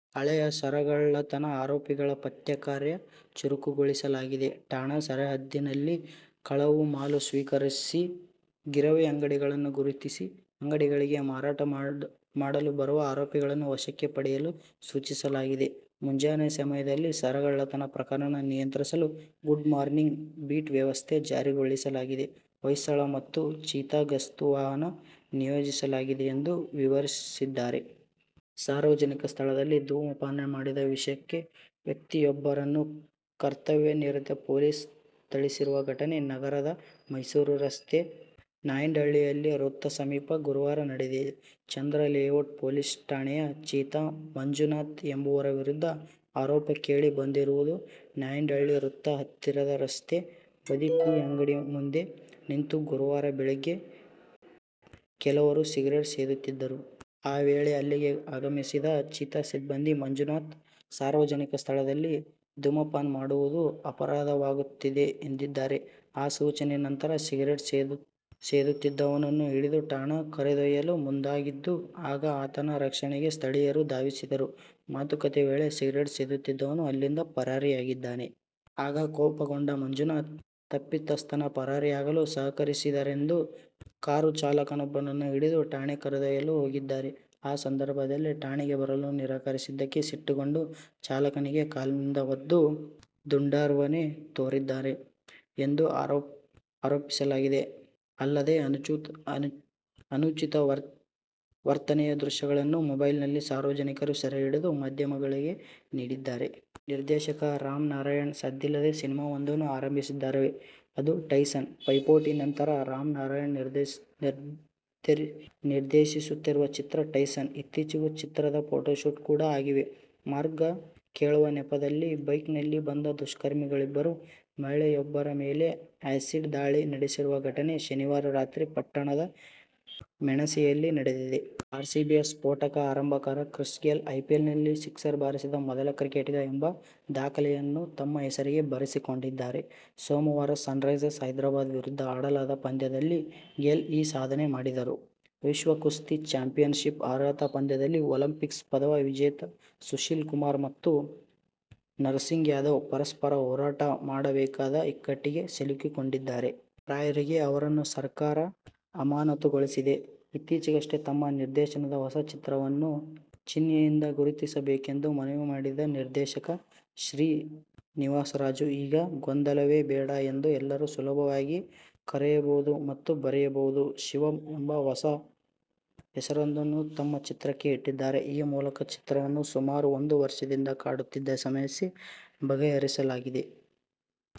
ಹಳೆಯ ಸರಗಳ್ಳತನ ಆರೋಪಿಗಳ ಪತ್ತೆ ಕಾರ್ಯ ಚುರುಕುಗೊಳಿಸಲಾಗಿದೆ. ಠಾಣಾ ಸರಹದ್ದಿನಲ್ಲಿ ಕಳವು ಮಾಲು ಸ್ವೀಕರಿಸುವ ಗಿರವಿ ಅಂಗಡಿಗಳನ್ನು ಗುರುತಿಸಿ ಅಂಗಡಿಗಳಿಗೆ ಮಾರಾಟ ಮಾಡಲು ಬರುವ ಆರೋಪಿಗಳನ್ನು ವಶಕ್ಕೆ ಪಡೆಯಲು ಸೂಚಿಸಲಾಗಿದೆ. ಮುಂಜಾನೆ ಸಮಯದಲ್ಲಿ ಸರಗಳ್ಳತನ ಪ್ರಕರಣ ನಿಯಂತ್ರಿಸಲು ಗುಡ್ ಮಾರ್ನಿಂಗ್ ಬೀಟ್ ವ್ಯವಸ್ಥೆ ಜಾರಿಗೊಳಿಸಲಾಗಿದೆ. ಹೊಯ್ಸಳ ಮತ್ತು ಚೀತಾ ಗಸ್ತು ವಾಹನ ನಿಯೋಜಿಸಲಾಗಿದೆ ಎಂದು ವಿವರಿಸಿದ್ದಾರೆ. ಸಾರ್ವಜನಿಕ ಸ್ಥಳದಲ್ಲಿ ಧೂಮಪಾನ ಮಾಡಿದ ವಿಷಯಕ್ಕೆ ವ್ಯಕ್ತಿಯೊಬ್ಬರನ್ನು ಕರ್ತವ್ಯ ನಿರತ ಪೊಲೀಸ್ ಥಳಿಸಿರುವ ಘಟನೆ ನಗರದ ಮೈಸೂರು ರಸ್ತೆಯ ನಾಯಂಡಹಳ್ಳಿ ವೃತ್ತ ಸಮೀಪ ಗುರುವಾರ ನಡೆದಿದೆ. ಚಂದ್ರಾಲೇಔಟ್ ಪೊಲೀಸ್ ಠಾಣೆಯ ''''''ಚೀತಾ'' ಮಂಜುನಾಥ ಎಂಬುವರ ವಿರುದ್ಧ ಆರೋಪ ಕೇಳಿ ಬಂದಿರುವುದು. ನಾಯಂಡಹಳ್ಳಿ ವೃತ್ತ ಹತ್ತಿರದ ರಸ್ತೆ ಬದಿ ಟೀ ಅಂಗಡಿ ಮುಂದೆ ನಿಂತು ಗುರುವಾರ ಬೆಳಗ್ಗೆ ಕೆಲವರು ಸಿಗರೇಟ್ ಸೇದುತ್ತಿದ್ದರು. ಆ ವೇಳೆ ಅಲ್ಲಿಗೆ ಆಗಮಿಸಿದ ಚೀತಾ ಸಿಬ್ಬಂದಿ ಮಂಜುನಾಥ, ಸಾರ್ವಜನಿಕ ಸ್ಥಳದಲ್ಲಿ ಧೂಮಪಾನ ಮಾಡುವುದು ಅಪರಾಧವಾಗುತ್ತದೆ ಎಂದಿದ್ದಾರೆ. ಈ ಸೂಚನೆ ನಂತರ ಸಿಗರೇಟ್ ಸೇದುತ್ತಿದ್ದವನನ್ನು ಹಿಡಿದು ಠಾಣೆ ಕರೆದೊಯ್ಯಲು ಮುಂದಾಗಿದ್ದು, ಆಗ ಆತನ ರಕ್ಷಣೆಗೆ ಸ್ಥಳೀಯರು ಧಾವಿಸಿದರು. ಮಾತುಕತೆ ವೇಳೆ ಸಿಗರೇಟ್ ಸೇದುತ್ತಿದ್ದವನು ಅಲ್ಲಿಂದ ಪರಾರಿಯಾಗಿದ್ದಾನೆ. ಆಗ ಕೋಪಗೊಂಡ ಮಂಜುನಾಥ, ತಪ್ಪಿತಸ್ಥನ ಪರಾರಿಯಾಗಲು ಸಹಕರಿಸಿದನೆಂದು ಕಾರು ಚಾಲಕನೊಬ್ಬನನ್ನು ಹಿಡಿದು ಠಾಣೆ ಕರೆದೊಯ್ಯಲು ಹೋಗಿದ್ದಾರೆ. ಆ ಸಂದರ್ಭದಲ್ಲಿ ಠಾಣೆಗೆ ಬರಲು ನಿರಾಕರಿಸಿದಕ್ಕೆ ಸಿಟ್ಟುಗೊಂಡು ಚಾಲಕನಿಗೆ ಕಾಲಿನ ಒದ್ದು ದುಂಡಾರ್ವನೆ ತೋರಿದ್ದಾರೆ ಎಂದು ಆರೋಪಿಸಲಾಗಿದೆ. ಅಲ್ಲದೆ ಅನುಚಿತ ವರ್ತನೆಯ ದೃಶ್ಯಗಳನ್ನು ಮೊಬೈಲ್ನಲ್ಲಿ ಸಾರ್ವಜನಿಕರು ಸೆರೆ ಹಿಡಿದು ಮಾಧ್ಯಮಗಳಿಗೆ ನೀಡಿದ್ದಾರೆ. ನಿರ್ದೇಶಕ ರಾಮ್ನಾರಾಯಣ್ ಸದ್ದಿಲ್ಲದೇ ಸಿನಿಮಾವೊಂದನ್ನು ಆರಂಭಿಸಿದ್ದಾರೆ. ಅದು "ಟೈಸನ್'. "ಪೈಪೋಟಿ' ನಂತರ ರಾಮ್ನಾರಾಯಣ್ ನಿರ್ದೇಶಿಸುತ್ತಿರುವ ಚಿತ್ರ "ಟೈಸನ್'. ಇತ್ತೀಚೆಗೆ ಚಿತ್ರದ ಫೋಟೋಶೂಟ್ ಕೂಡಾ ಆಗಿದೆ. ಮಾರ್ಗ ಕೇಳುವ ನೆಪದಲ್ಲಿ ಬೈಕ್ನಲ್ಲಿ ಬಂದ ದುಷ್ಕರ್ಮಿಗಳಿಬ್ಬರು ಮಹಿಳೆಯೊಬ್ಬರ ಮೇಲೆ ಆ್ಯಸಿಡ್ ದಾಳಿ ನಡೆಸಿರುವ ಘಟನೆ ಶನಿವಾರ ರಾತ್ರಿ ಪಟ್ಟಣದ ಮೆಣಸೆಯಲ್ಲಿ ನಡೆದಿದೆ. ಆರ್ಸಿಬಿಯ ಸ್ಫೋಟಕ ಆರಂಭಕಾರ ಕ್ರಿಸ್ ಗೇಲ್ ಐಪಿಎಲ್ನಲ್ಲಿ ಸಿಕ್ಸರ್ ಬಾರಿಸಿದ ಮೊದಲ ಕ್ರಿಕೆಟಿಗ ಎಂಬ ದಾಖಲೆಯನ್ನು ತಮ್ಮ ಹೆಸರಿಗೆ ಬರೆಸಿಕೊಂಡಿದ್ದಾರೆ. ಸೋಮವಾರ ಸನ್ರೈಸರ್ ಹೈದರಾಬಾದ್ ವಿರುದ್ಧ ಆಡಲಾದ ಪಂದ್ಯದಲ್ಲಿ ಗೇಲ್ ಈ ಸಾಧನೆ ಮಾಡಿದರು. ವಿಶ್ವ ಕುಸ್ತಿ ಚಾಂಪಿಯನ್ಶಿಪ್ನ ಅರ್ಹತಾ ಪಂದ್ಯದಲ್ಲಿ ಒಲಿಂಪಿಕ್ಸ್ ಪದಕ ವಿಜೇತ ಸುಶೀಲ್ ಕುಮಾರ್ ಮತ್ತು ನರಸಿಂಗ ಯಾದವ್ ಪರಸ್ಪರ ಹೋರಾಟ ಮಾಡಬೇಕಾದ ಇಕ್ಕಟ್ಟಿಗೆ ಸಿಲುಕಿಕೊಂಡಿದ್ದಾರೆ. ರಾಯಗೇರಿ ಅವರನ್ನು ಸರ್ಕಾರ ಅಮಾನತುಗೊಳಿಸಿದೆ. ಇತ್ತೀಚೆಗಷ್ಟೇ ತಮ್ಮ ನಿರ್ದೇಶನದ ಹೊಸ ಚಿತ್ರವನ್ನು ಚಿಹ್ನೆಯಿಂದ ಗುರುತಿಸಬೇಕೆಂದು ಮನವಿ ಮಾಡಿದ್ದ ನಿರ್ದೇಶಕ ಶ್ರೀನಿವಾಸರಾಜು, ಈಗ ಗೊಂದಲವೇ ಬೇಡ ಎಂದು ಎಲ್ಲರೂ ಸುಲಭವಾಗಿ ಕರೆಯಬಹುದಾದ ಮತ್ತು ಬರೆಯಬಹುದಾದ "ಶಿವಂ' ಎಂಬ ಹೊಸ ಹೆಸರೊಂದನ್ನು ತಮ್ಮ ಚಿತ್ರಕ್ಕೆ ಇಟ್ಟಿದ್ದಾರೆ. ಈ ಮೂಲಕ ಚಿತ್ರವನ್ನು ಸುಮಾರು ಒಂದು ವರ್ಷದಿಂದ ಕಾಡುತ್ತಿದ್ದ ಸಮಸ್ಯೆ ಬಗೆಹರಿದಂತಾಗಿದೆ.